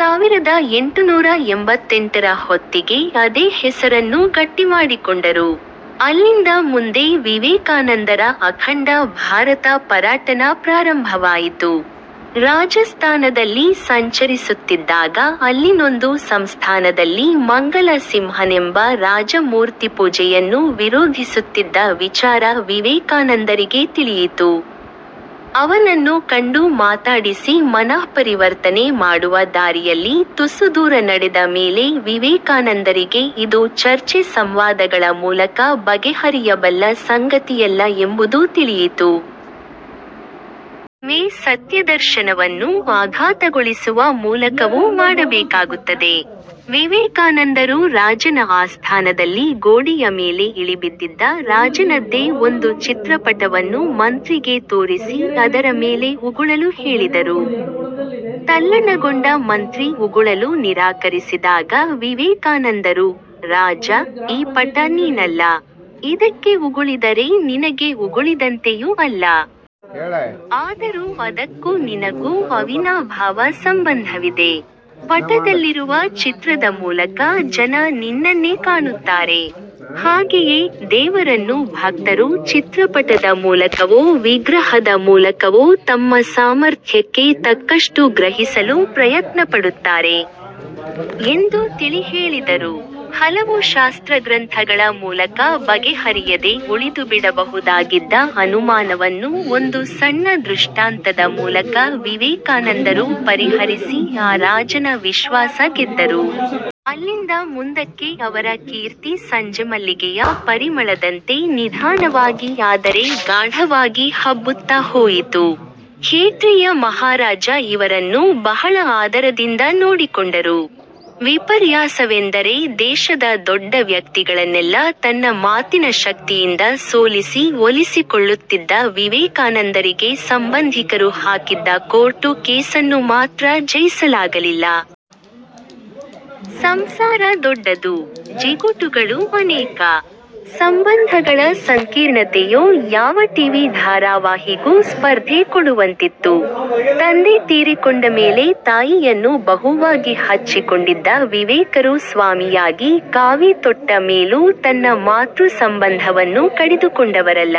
ಸಾವಿರದ ಎಂಟುನೂರ ಎಂಬತ್ತೆಂಟರ ಹೊತ್ತಿಗೆ ಅದೇ ಹೆಸರನ್ನು ಗಟ್ಟಿಮಾಡಿಕೊಂಡರು. ಅಲ್ಲಿಂದ ಮುಂದೆ ವಿವೇಕಾನಂದರ ಅಖಂಡ ಭಾರತ ಪರ್ಯಟನ ಪ್ರಾರಂಭವಾಯಿತು. ರಾಜಸ್ತಾನದಲ್ಲಿ ಸಂಚರಿಸುತ್ತಿದ್ದಾಗ ಅಲ್ಲಿನೊಂದು ಸಂಸ್ಥಾನದಲ್ಲಿ ಮಂಗಲ ಸಿಂಹನೆಂಬ ರಾಜ ಮೂರ್ತಿಪೂಜೆಯನ್ನು ವಿರೋಧಿಸುತ್ತಿದ್ದ ವಿಚಾರ ವಿವೇಕಾನಂದರಿಗೆ ತಿಳಿಯಿತು. ಅವನನ್ನು ಕಂಡು ಮಾತಾಡಿಸಿ ಮನಃಪರಿವರ್ತನೆ ಮಾಡುವ ದಾರಿಯಲ್ಲಿ ತುಸುದೂರ ನಡೆದ ಮೇಲೆ ವಿವೇಕಾನಂದರಿಗೆ ಇದು ಚರ್ಚೆ-ಸಂವಾದಗಳ ಮೂಲಕ ಬಗೆಹರಿಯಬಲ್ಲ ಸಂಗತಿಯಲ್ಲ ಎಂಬುದು ತಿಳಿಯಿತು. ಕೆಲವೊಮ್ಮೆ ಸತ್ಯದರ್ಶನವನ್ನು ಆಘಾತಗೊಳಿಸುವ ಮೂಲಕವೂ ಮಾಡಬೇಕಾಗುತ್ತದೆ. ವಿವೇಕಾನಂದರು ರಾಜನ ಆಸ್ಥಾನದಲ್ಲಿ ಗೋಡೆಯ ಮೇಲೆ ಇಳಿಬಿದ್ದಿದ್ದ ರಾಜನದ್ದೇ ಒಂದು ಚಿತ್ರಪಟವನ್ನು ಮಂತ್ರಿಗೆ ತೋರಿಸಿ ಅದರ ಮೇಲೆ ಉಗುಳಲು ಹೇಳಿದರು. ತಲ್ಲಣಗೊಂಡ ಮಂತ್ರಿ ಉಗುಳಲು ನಿರಾಕರಿಸಿದಾಗ ವಿವೇಕಾನಂದರು "ರಾಜ, ಈ ಪಟ ನೀನಲ್ಲ. ಇದಕ್ಕೆ ಉಗುಳಿದರೆ ನಿನಗೆ ಉಗುಳಿದಂತೆಯೂ ಅಲ್ಲ. ಆದರೂ ಅದಕ್ಕೂ ನಿನಗೂ ಅವಿನಾಭಾವ ಸಂಬಂಧವಿದೆ. ಪಟದಲ್ಲಿರುವ ಚಿತ್ರದ ಮೂಲಕ ಜನ ನಿನ್ನನ್ನೇ ಕಾಣುತ್ತಾರೆ. ಹಾಗೆಯೇ, ದೇವರನ್ನು ಭಕ್ತರು ಚಿತ್ರಪಟದ ಮೂಲಕವೋ ವಿಗ್ರಹದ ಮೂಲಕವೋ ತಮ್ಮ ಸಾಮರ್ಥ್ಯಕ್ಕೆ ತಕ್ಕಷ್ಟು ಗ್ರಹಿಸಲು ಪ್ರಯತ್ನಪಡುತ್ತಾರೆ. " ಎಂದು ತಿಳಿಹೇಳಿದರು. ಹಲವು ಶಾಸ್ತ್ರಗ್ರಂಥಗಳ ಮೂಲಕ ಬಗೆಹರಿಯದೆ ಉಳಿದುಬಿಡಬಹುದಾಗಿದ್ದ ಅನುಮಾನವನ್ನು ಒಂದು ಸಣ್ಣ ದೃಷ್ಟಾಂತದ ಮೂಲಕ ವಿವೇಕಾನಂದರು ಪರಿಹರಿಸಿ ಆ ರಾಜನ ವಿಶ್ವಾಸ ಗೆದ್ದರು. ಅಲ್ಲಿಂದ ಮುಂದಕ್ಕೆ ಅವರ ಕೀರ್ತಿ ಸಂಜೆಮಲ್ಲಿಗೆಯ ಪರಿಮಳದಂತೆ ನಿಧಾನವಾಗಿ ಆದರೆ ಗಾಢವಾಗಿ ಹಬ್ಬುತ್ತಾ ಹೋಯಿತು. ಖೇತ್ರಿಯ ಮಹಾರಾಜ ಇವರನ್ನು ಬಹಳ ಆದರದಿಂದ ನೋಡಿಕೊಂಡರು. ವಿಪರ್ಯಾಸವೆಂದರೆ ದೇಶದ ದೊಡ್ಡ ವ್ಯಕ್ತಿಗಳನ್ನೆಲ್ಲ ತನ್ನ ಮಾತಿನ ಶಕ್ತಿಯಿಂದ ಸೋಲಿಸಿ ಒಲಿಸಿಕೊಳ್ಳುತ್ತಿದ್ದ ವಿವೇಕಾನಂದರಿಗೆ ಸಂಬಂಧಿಕರು ಹಾಕಿದ್ದ ಕೋರ್ಟು ಕೇಸನ್ನು ಮಾತ್ರ ಜಯಿಸಲಾಗಲಿಲ್ಲ! ಸಂಸಾರ ದೊಡ್ಡದು, ಜಿಗುಟುಗಳೂ ಅನೇಕ. ಸಂಬಂಧಗಳ ಸಂಕೀರ್ಣತೆಯೋ ಯಾವ ಟಿವಿ ಧಾರಾವಾಹಿಗೂ ಸ್ಪರ್ಧೆ ಕೊಡುವಂತಿತ್ತು. ತಂದೆ ತೀರಿಕೊಂಡಮೇಲೆ ತಾಯಿಯನ್ನು ಬಹುವಾಗಿ ಹಚ್ಚಿಕೊಂಡಿದ್ದ ವಿವೇಕರು ಸ್ವಾಮಿಯಾಗಿ ಕಾವಿ ತೊಟ್ಟ ಮೇಲೂ ತನ್ನ ಮಾತೃ ಸಂಬಂಧವನ್ನು ಕಡಿದುಕೊಂಡವರಲ್ಲ.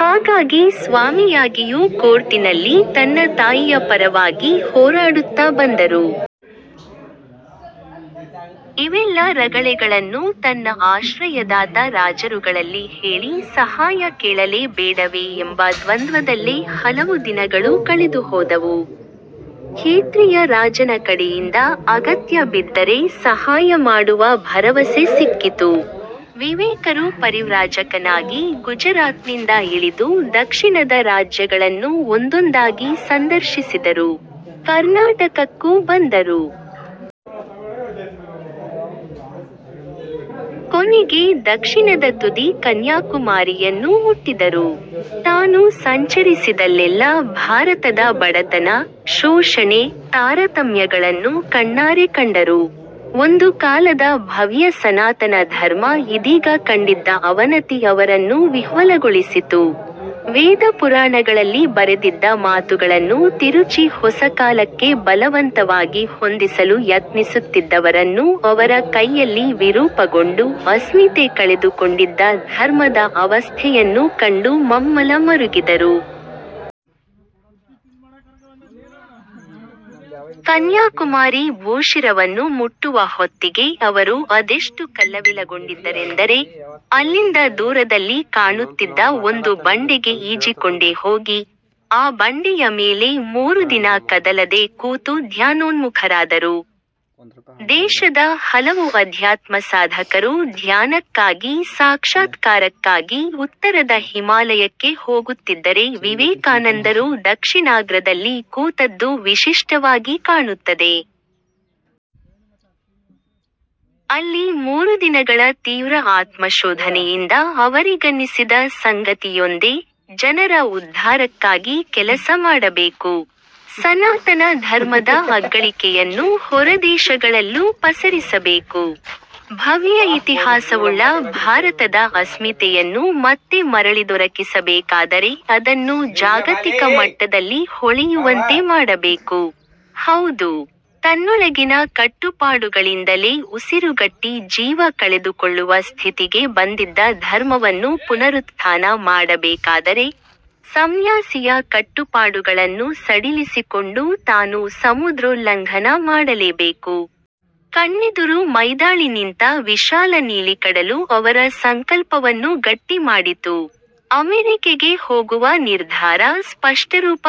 ಹಾಗಾಗಿ ಸ್ವಾಮಿಯಾಗಿಯೂ ಕೋರ್ಟಿನಲ್ಲಿ ತನ್ನ ತಾಯಿಯ ಪರವಾಗಿ ಹೋರಾಡುತ್ತಾ ಬಂದರು. ಇವೆಲ್ಲ ರಗಳೆಗಳನ್ನು ತನ್ನ ಆಶ್ರಯದಾತ ರಾಜರುಗಳಲ್ಲಿ ಹೇಳಿ ಸಹಾಯ ಕೇಳಲೇ ಬೇಡವೇ ಎಂಬ ದ್ವಂದ್ವದಲ್ಲೇ ಹಲವು ದಿನಗಳು ಕಳೆದುಹೋದವು. ಖೇತ್ರಿಯ ರಾಜನ ಕಡೆಯಿಂದ, ಅಗತ್ಯ ಬಿದ್ದರೆ ಸಹಾಯ ಮಾಡುವ ಭರವಸೆ ಸಿಕ್ಕಿತು. ವಿವೇಕರು ಪರಿವ್ರಾಜಕನಾಗಿ ಗುಜರಾತ್ನಿಂದ ಇಳಿದು ದಕ್ಷಿಣದ ರಾಜ್ಯಗಳನ್ನು ಒಂದೊಂದಾಗಿ ಸಂದರ್ಶಿಸಿದರು. ಕರ್ನಾಟಕಕ್ಕೂ ಬಂದರು. ಕೊನೆಗೆ ದಕ್ಷಿಣದ ತುದಿ ಕನ್ಯಾಕುಮಾರಿಯನ್ನು ಮುಟ್ಟಿದರು. ತಾನು ಸಂಚರಿಸಿದಲ್ಲೆಲ್ಲ ಭಾರತದ ಬಡತನ, ಶೋಷಣೆ, ತಾರತಮ್ಯಗಳನ್ನು ಕಣ್ಣಾರೆ ಕಂಡರು. ಒಂದು ಕಾಲದ ಭವ್ಯ ಸನಾತನ ಧರ್ಮ ಇದೀಗ ಕಂಡಿದ್ದ ಅವನತಿ ಅವರನ್ನು ವಿಹ್ವಲಗೊಳಿಸಿತು. ವೇದ ಪುರಾಣಗಳಲ್ಲಿ ಬರೆದಿದ್ದ ಮಾತುಗಳನ್ನು ತಿರುಚಿ ಹೊಸಕಾಲಕ್ಕೆ ಬಲವಂತವಾಗಿ ಹೊಂದಿಸಲು ಯತ್ನಿಸುತ್ತಿದ್ದವರನ್ನೂ ಅವರ ಕೈಯಲ್ಲಿ ವಿರೂಪಗೊಂಡು ಅಸ್ಮಿತೆ ಕಳೆದುಕೊಂಡಿದ್ದ ಧರ್ಮದ ಅವಸ್ಥೆಯನ್ನೂ ಕಂಡು ಮಮ್ಮಲ ಮರುಗಿದರು. ಕನ್ಯಾಕುಮಾರಿ ಭೂಶಿರವನ್ನು ಮುಟ್ಟುವ ಹೊತ್ತಿಗೆ ಅವರು ಅದೆಷ್ಟು ಕಲ್ಲವಿಲಗೊಂಡಿದ್ದರೆಂದರೆ, ಅಲ್ಲಿಂದ ದೂರದಲ್ಲಿ ಕಾಣುತ್ತಿದ್ದ ಒಂದು ಬಂಡೆಗೆ ಈಜಿಕೊಂಡೇಹೋಗಿ, ಆ ಬಂಡೆಯ ಮೇಲೆ ಮೂರು ದಿನ ಕದಲದೆ ಕೂತು ಧ್ಯಾನೋನ್ಮುಖರಾದರು. ದೇಶದ ಹಲವು ಅಧ್ಯಾತ್ಮಸಾಧಕರು ಧ್ಯಾನಕ್ಕಾಗಿ ಸಾಕ್ಷಾತ್ಕಾರಕ್ಕಾಗಿ ಉತ್ತರದ ಹಿಮಾಲಯಕ್ಕೆ ಹೋಗುತ್ತಿದ್ದರೆ ವಿವೇಕಾನಂದರು ದಕ್ಷಿಣಾಗ್ರದಲ್ಲಿ ಕೂತದ್ದು ವಿಶಿಷ್ಟವಾಗಿ ಕಾಣುತ್ತದೆ. ಅಲ್ಲಿ ಮೂರುದಿನಗಳ ತೀವ್ರ ಆತ್ಮಶೋಧನೆಯಿಂದ ಅವರಿಗನ್ನಿಸಿದ ಸಂಗತಿಯೊಂದೇ – ಜನರ ಉದ್ಧಾರಕ್ಕಾಗಿ ಕೆಲಸ ಮಾಡಬೇಕು. ಸನಾತನ ಧರ್ಮದ ಅಗ್ಗಳಿಕೆಯನ್ನು ಹೊರದೇಶಗಳಲ್ಲೂ ಪಸರಿಸಬೇಕು. ಭವ್ಯ ಇತಿಹಾಸವುಳ್ಳ ಭಾರತದ ಅಸ್ಮಿತೆಯನ್ನು ಮತ್ತೆ ಮರಳಿದೊರಕಿಸಬೇಕಾದರೆ ಅದನ್ನು ಜಾಗತಿಕ ಮಟ್ಟದಲ್ಲಿ ಹೊಳೆಯುವಂತೆ ಮಾಡಬೇಕು. ಹೌದು, ತನ್ನೊಳಗಿನ ಕಟ್ಟುಪಾಡುಗಳಿಂದಲೇ ಉಸಿರುಗಟ್ಟಿ ಜೀವ ಕಳೆದುಕೊಳ್ಳುವ ಸ್ಥಿತಿಗೆ ಬಂದಿದ್ದ ಧರ್ಮವನ್ನು ಪುನರುತ್ಥಾನ ಮಾಡಬೇಕಾದರೆ, ಸಂನ್ಯಾಸಿಯ ಕಟ್ಟುಪಾಡುಗಳನ್ನು ಸಡಿಲಿಸಿಕೊಂಡು ತಾನು ಸಮುದ್ರೋಲ್ಲಂಘನ ಮಾಡಲೇಬೇಕು. ಕಣ್ಣೆದುರು ಮೈದಾಳಿ ನಿಂತ ವಿಶಾಲ ನೀಲಿಕಡಲು ಅವರ ಸಂಕಲ್ಪವನ್ನು ಗಟ್ಟಿ ಮಾಡಿತು. ಅಮೆರಿಕೆಗೆ ಹೋಗುವ ನಿರ್ಧಾರ ಸ್ಪಷ್ಟರೂಪ ಪಡೆಯಿತು.